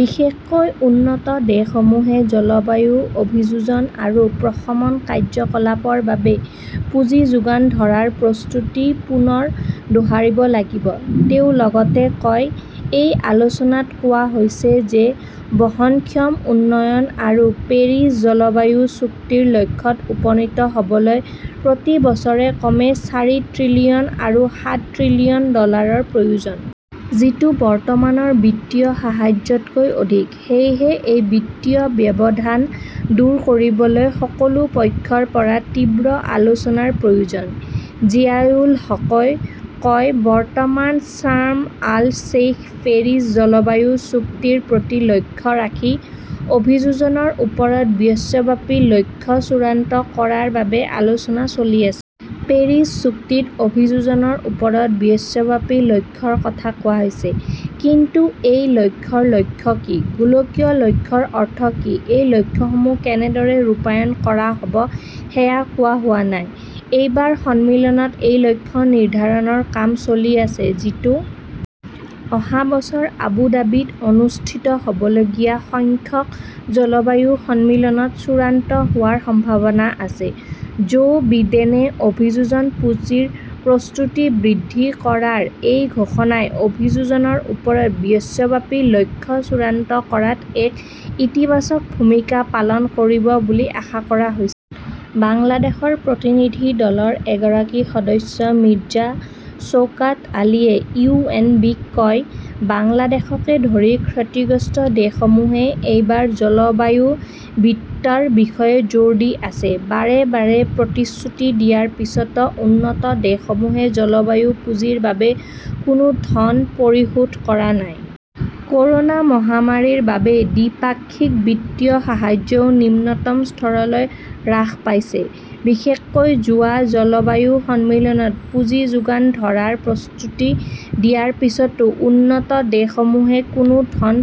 বিশেষকৈ, উন্নত দেশসমূহে জলবায়ু অভিযোজন আৰু প্ৰশমন কাৰ্যকলাপৰ বাবে পুঁজি যোগান ধৰাৰ প্ৰতিশ্ৰুতি পুনৰ দোহাৰিব লাগিব ", তেওঁ লগতে কয়", এই আলোচনাত কোৱা হৈছে যে বহনক্ষম উন্নয়ন আৰু পেৰিছ জলবায়ু চুক্তিৰ লক্ষ্যত উপনীত হ'বলৈ প্ৰতি বছৰে ক্ৰমে চাৰি ত্ৰিলিয়ন আৰু সাত ত্ৰিলিয়ন ডলাৰৰ প্ৰয়োজন। যিটো বৰ্তমানৰ বিত্তীয় সাহায্যতকৈ অধিক। সেয়েহে এই বিত্তীয় ব্যৱধান দূৰ কৰিবলৈ সকলো পক্ষৰ পৰা তীব্ৰ আলোচনাৰ প্ৰয়োজন ", জিয়াউল হকই কয়", বৰ্তমান চাৰ্ম আল শ্বেইখে পেৰিছ জলবায়ু চুক্তিৰ প্ৰতি লক্ষ্য ৰাখি অভিযোজনৰ ওপৰত বিশ্বব্যাপী লক্ষ্য চূড়ান্ত কৰাৰ বাবে আলোচনা চলি আছে। পেৰিছ চুক্তিত অভিযোজনৰ ওপৰত বিশ্বব্যাপী লক্ষ্যৰ কথা কোৱা হৈছে। কিন্তু এই লক্ষ্যৰ লক্ষ্য কি, গোলকীয় লক্ষ্যৰ অৰ্থ কি, এই লক্ষ্যসমূহ কেনেদৰে ৰূপায়ণ কৰা হ'ব সেয়া কোৱা হোৱা নাই। "এইবাৰ সন্মিলনত সেই লক্ষ্য নিৰ্ধাৰণৰ কাম চলি আছে।"যিটো অহা বছৰ আবু ধাবীত অনুষ্ঠিত হ'বলগীয়া সংখ্যক জলবায়ু সন্মিলনত চূড়ান্ত হোৱাৰ সম্ভাৱনা আছে। জো বিডেনে অভিযোজন পুঁজিৰ প্ৰতিশ্ৰুতি বৃদ্ধি কৰাৰ এই ঘোষণাই অভিযোজনৰ ওপৰত বিশ্বব্যাপী লক্ষ্য চূড়ান্ত কৰাত এক ইতিবাচক ভূমিকা পালন কৰিব বুলি আশা কৰা হৈছে। বাংলাদেশৰ প্ৰতিনিধি দলৰ এগৰাকী সদস্য মিৰ্জা শ্বোকাত আলীয়ে ইউ. এন. বি. -ক কয়, "বাংলাদেশকে ধৰি ক্ষতিগ্ৰস্ত দেশসমূহে এইবাৰ জলবায়ু বিত্তৰ বিষয়ে জোৰ দি আছে। বাৰে বাৰে প্ৰতিশ্ৰুতি দিয়াৰ পিছতো উন্নত দেশসমূহে জলবায়ু পুঁজিৰ বাবে কোনো ধন পৰিশোধ কৰা নাই। ক'ৰোনা মহামাৰীৰ বাবে দ্বিপাক্ষিক বিত্তীয় সাহায্যও নিম্নতম স্তৰলৈ হ্ৰাস পাইছে। বিশেষকৈ যোৱা জলবায়ু সন্মিলনত পুঁজি যোগান ধৰাৰ প্ৰতিশ্ৰুতি দিয়াৰ পিছতো উন্নত দেশসমূহে কোনো ধন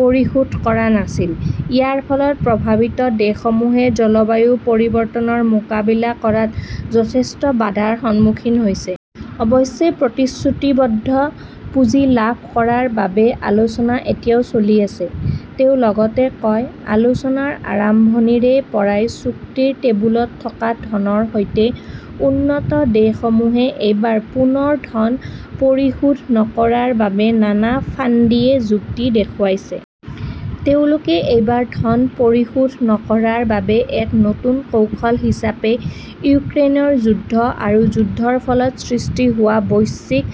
পৰিশোধ কৰা নাছিল। ইয়াৰ ফলত প্ৰভাৱিত দেশসমূহে জলবায়ু পৰিৱৰ্তনৰ মোকাবিলা কৰাত যথেষ্ট বাধাৰ সন্মুখীন হৈছে। অৱশ্যে, প্ৰতিশ্ৰুতিবদ্ধ পুঁজি লাভ কৰাৰ বাবে আলোচনা এতিয়াও চলি আছে। "তেওঁ লগতে কয়", আলোচনাৰ আৰম্ভণিৰে পৰাই চুক্তিৰ টেবুলত থকা ধনৰ সৈতে, উন্নত দেশসমূহে এইবাৰ পুনৰ ধন পৰিশোধ নকৰাৰ বাবে নানা ফাণ্ডীয়ে যুক্তি দেখুৱাইছে। তেওঁলোকে এইবাৰ ধন পৰিশোধ নকৰাৰ বাবে এক নতুন কৌশল হিচাপে ইউক্ৰেইনৰ যুদ্ধ আৰু যুদ্ধৰ ফলত সৃষ্টি হোৱা বৈশ্বিক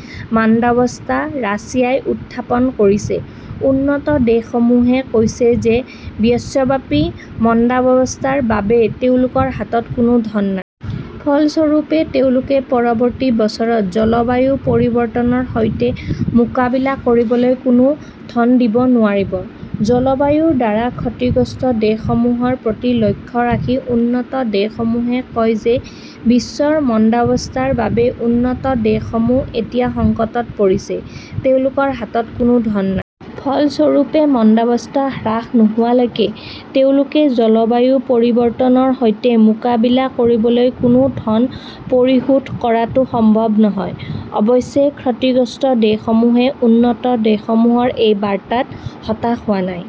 মন্দাৱস্থা ৰাছিয়াই উত্থাপন কৰিছে। "উন্নত দেশসমূহে কৈছে যে বিশ্বব্যাপী মন্দাৱস্থাৰ বাবে তেওঁলোকৰ হাতত কোনো ধন নাই। "ফলস্বৰূপে, তেওঁলোকে পৰৱৰ্তী বছৰত জলবায়ু পৰিৱৰ্তনৰ সৈতে মোকাবিলা কৰিবলৈ কোনো ধন দিব নোৱাৰিব। জলবায়ুৰ দ্বাৰা ক্ষতিগ্ৰস্ত দেশসমূহৰ প্ৰতি লক্ষ্য ৰাখি উন্নত দেশসমূহে কয় যে বিশ্বৰ মন্দাৱস্থাৰ বাবে উন্নত দেশসমূহ এতিয়া সংকটত পৰিছে। তেওঁলোকৰ হাতত কোনো ধন নাই। ফলস্বৰূপে মন্দাৱস্থা হ্ৰাস নোহোৱালৈকে তেওঁলোকে জলবায়ু পৰিৱৰ্তনৰ সৈতে মোকাবিলা কৰিবলৈ কোনো ধন পৰিশোধ কৰাটো সম্ভৱ নহয়। অৱশ্যে, ক্ষতিগ্ৰস্ত দেশসমূহে উন্নত দেশসমূহৰ এই বাৰ্তাত হতাশ হোৱা নাই।